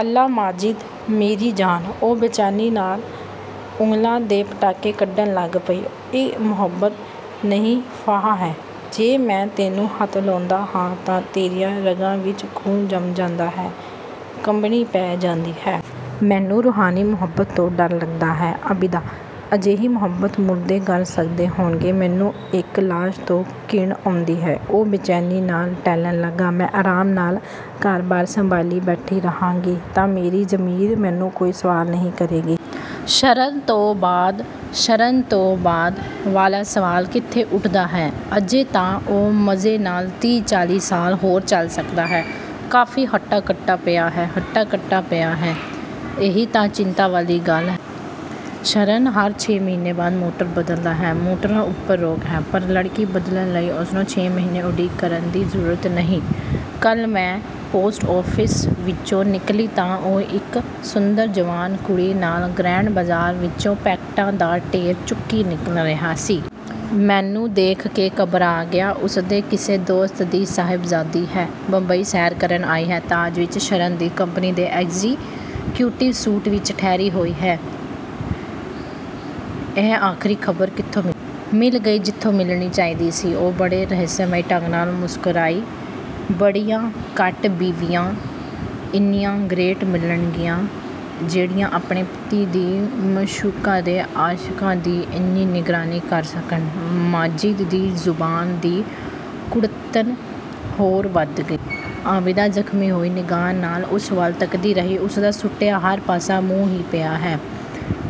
"ਅੱਲਾ, ਮਾਜਿਦ ਮੇਰੀ ਜਾਨ," ਉਹ ਬੇਚੈਨੀ ਨਾਲ ਉਂਗਲਾਂ ਦੇ ਪਟਾਕੇ ਕੱਢਣ ਲੱਗ ਪਈ। "ਇਹ ਮੁਹੱਬਤ ਨਹੀਂ ਫਾਹਾ ਹੈ, ਜੇ ਮੈਂ ਤੈਨੂੰ ਹੱਥ ਲਾਉਂਦਾ ਹਾਂ ਤਾਂ ਤੇਰੀਆਂ ਰਗਾਂ ਵਿੱਚ ਖ਼ੂਨ ਜੰਮ ਜਾਂਦਾ ਹੈ, ਕੰਬਣੀ ਪੈ ਜਾਂਦੀ ਹੈ। ਮੈਨੂੰ ਰੂਹਾਨੀ ਮੁਹੱਬਤ ਤੋਂ ਡਰ ਲੱਗਦਾ ਹੈ, ਆਬਿਦਾ। ਅਜਿਹੀ ਮੁਹੱਬਤ ਮੁਰਦੇ ਕਰ ਸਕਦੇ ਹੋਣਗੇ। ਮੈਨੂੰ ਇੱਕ ਲਾਸ਼ ਤੋਂ ਘਿਣ ਆਉਂਦੀ ਹੈ।" ਉਹ ਬੇਚੈਨੀ ਨਾਲ ਟਹਿਲਣ ਲੱਗਾ। "ਮੈਂ ਆਰਾਮ ਨਾਲ ਘਰ-ਬਾਰ ਸੰਭਾਲੀ ਬੈਠੀ ਰਹਾਂਗੀ, ਤਾਂ ਮੇਰੀ ਜ਼ਮੀਰ ਮੈਨੂੰ ਕੋਈ ਸਵਾਲ ਨਹੀਂ ਕਰੇਗੀ? ਸ਼ਰਨ ਤੋਂ ਬਾਅਦ" "ਸ਼ਰਨ ਤੋਂ ਬਾਅਦ ਵਾਲਾ ਸਵਾਲ ਕਿੱਥੇ ਉੱਠਦਾ ਹੈ ਅਜੇ ਤਾਂ ਉਹ ਮਜ਼ੇ ਨਾਲ ਤੀਹ-ਚਾਲੀ ਸਾਲ ਹੋਰ ਚੱਲ ਸਕਦਾ ਹੈ, ਕਾਫ਼ੀ ਹੱਟਾ-ਕੱਟਾ ਪਿਆ ਹੈ।" "ਹੱਟਾ-ਕੱਟਾ ਪਿਆ ਹੈ, ਇਹੀ ਤਾਂ ਚਿੰਤਾ ਵਾਲੀ ਗੱਲ ਹੈ। ਸ਼ਰਨ ਹਰ ਛੇ ਮਹੀਨੇ ਬਾਅਦ ਮੋਟਰ ਬਦਲਦਾ ਹੈ। ਮੋਟਰਾਂ ਉੱਪਰ ਰੋਕ ਹੈ, ਪਰ ਲੜਕੀ ਬਦਲਣ ਲਈ ਉਸਨੂੰ ਛੇ ਮਹੀਨੇ ਉਡੀਕ ਕਰਨ ਦੀ ਜ਼ਰੂਰਤ ਨਹੀਂ। ਕੱਲ੍ਹ ਮੈਂ ਪੋਸਟ ਆਫਿਸ ਵਿੱਚੋਂ ਨਿਕਲੀ ਤਾਂ ਉਹ ਇੱਕ ਸੁੰਦਰ ਜਵਾਨ ਕੁੜੀ ਨਾਲ ਗਰੈਂਡ ਬਾਜ਼ਾਰ ਵਿੱਚੋਂ ਪੈਕਟਾਂ ਦਾ ਢੇਰ ਚੁੱਕੀ ਨਿਕਲ ਰਿਹਾ ਸੀ। ਮੈਨੂੰ ਦੇਖ ਕੇ ਘਬਰਾ ਗਿਆ। ਉਸਦੇ ਕਿਸੇ ਦੋਸਤ ਦੀ ਸਾਹਿਬਜ਼ਾਦੀ ਹੈ, ਬੰਬਈ ਸੈਰ ਕਰਨ ਆਈ ਹੈ। ਤਾਜ ਵਿੱਚ ਸ਼ਰਨ ਦੀ ਕੰਪਨੀ ਦੇ ਐਗਜ਼ੀਕਿਉਟਿਵ ਸੂਟ ਵਿੱਚ ਠਹਿਰੀ ਹੋਈ ਹੈ।" "ਇਹ ਆਖਰੀ ਖ਼ਬਰ ਕਿੱਥੋਂ ਮਿਲੀ?" "ਮਿਲ ਗਈ ਜਿੱਥੋਂ ਮਿਲਣੀ ਚਾਹੀਦੀ ਸੀ।" ਉਹ ਬੜੇ ਰਹੱਸਮਈ ਢੰਗ ਨਾਲ ਮੁਸਕਰਾਈ। "ਬੜੀਆਂ ਘੱਟ ਬੀਵੀਆਂ ਇੰਨੀਆਂ ਗਰੇਟ ਮਿਲਣਗੀਆਂ ਜਿਹੜੀਆਂ ਆਪਣੇ ਪਤੀ ਦੀ ਮਾਸ਼ੂਕਾ ਦੇ ਆਸ਼ਿਕਾਂ ਦੀ ਇੰਨੀ ਨਿਗਰਾਨੀ ਕਰ ਸਕਣ।" ਮਾਜਿਦ ਦੀ ਜ਼ੁਬਾਨ ਦੀ ਕੁੜੱਤਣ ਹੋਰ ਵਧ ਗਈ। ਆਬਿਦਾ ਜ਼ਖ਼ਮੀ ਹੋਈ ਨਿਗਾਹ ਨਾਲ ਉਸ ਵੱਲ ਤੱਕਦੀ ਰਹੀ। ਉਸਦਾ ਸੁੱਟਿਆ ਹਰ ਪਾਸਾ ਮੂੰਹ ਹੀ ਪਿਆ ਹੈ।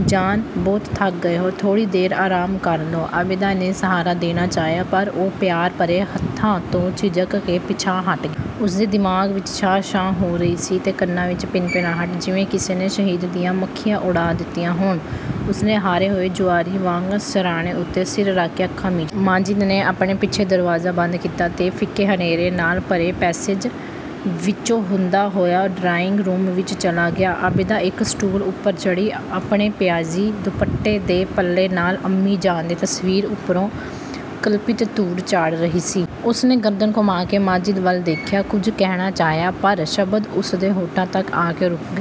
"ਜਾਨ, ਬਹੁਤ ਥੱਕ ਗਏ ਹੋ, ਥੋੜ੍ਹੀ ਦੇਰ ਆਰਾਮ ਕਰ ਲਓ।" ਆਬਿਦਾ ਨੇ ਸਹਾਰਾ ਦੇਣਾ ਚਾਹਿਆ ਪਰ ਉਹ ਪਿਆਰ ਭਰੇ ਹੱਥਾਂ ਤੋਂ ਝਿਜਕ ਕੇ ਪਿੱਛਾਂਹ ਹਟ ਗਿਆ। ਉਸਦੇ ਦਿਮਾਗ਼ ਵਿੱਚ 'ਸ਼ਾਂ-ਸ਼ਾਂ' ਹੋ ਰਹੀ ਸੀ ਤੇ ਕੰਨਾਂ ਵਿੱਚ ਭਿਨਭਿਨਾਹਟ, ਜਿਵੇਂ ਕਿਸੇ ਨੇ ਸ਼ਹਿਦ ਦੀਆਂ ਮੱਖੀਆਂ ਉਡਾ ਦਿੱਤੀਆਂ ਹੋਣ। ਉਸਨੇ ਹਾਰੇ ਹੋਏ ਜੁਆਰੀ ਵਾਂਗ ਸਿਰਹਾਣੇ ਉੱਤੇ ਸਿਰ ਰੱਖ ਕੇ ਅੱਖਾਂ ਮੀਚ ਲਈਆਂ। ਮਾਜਿਦ ਨੇ ਆਪਣੇ ਪਿੱਛੇ ਦਰਵਾਜ਼ਾ ਬੰਦ ਕੀਤਾ ਤੇ ਫਿੱਕੇ-ਹਨੇਰੇ ਨਾਲ ਭਰੇ ਪੈਸੇਜ ਵਿੱਚੋਂ ਹੁੰਦਾ ਹੋਇਆ ਡਰਾਇੰਗ-ਰੂਮ ਵਿੱਚ ਚਲਾ ਗਿਆ। ਆਬਿਦਾ ਇੱਕ ਸਟੂਲ ਉੱਪਰ ਚੜ੍ਹੀ, ਆਪਣੇ ਪਿਆਜ਼ੀ ਦੁਪੱਟੇ ਦੇ ਪੱਲੇ ਨਾਲ, ਅੰਮੀ ਜਾਨ ਦੀ ਤਸਵੀਰ ਉੱਪਰੋਂ ਕਲਪਿਤ ਧੂੜ ਝਾੜ ਰਹੀ ਸੀ। ਉਸਨੇ ਗਰਦਨ ਘੁਮਾ ਕੇ ਮਾਜਿਦ ਵੱਲ ਦੇਖਿਆ। ਕੁਝ ਕਹਿਣਾ ਚਾਹਿਆ ਪਰ ਸ਼ਬਦ ਉਸਦੇ ਹੋਠਾਂ ਤੱਕ ਆ ਕੇ ਰੁਕ ਗਏ।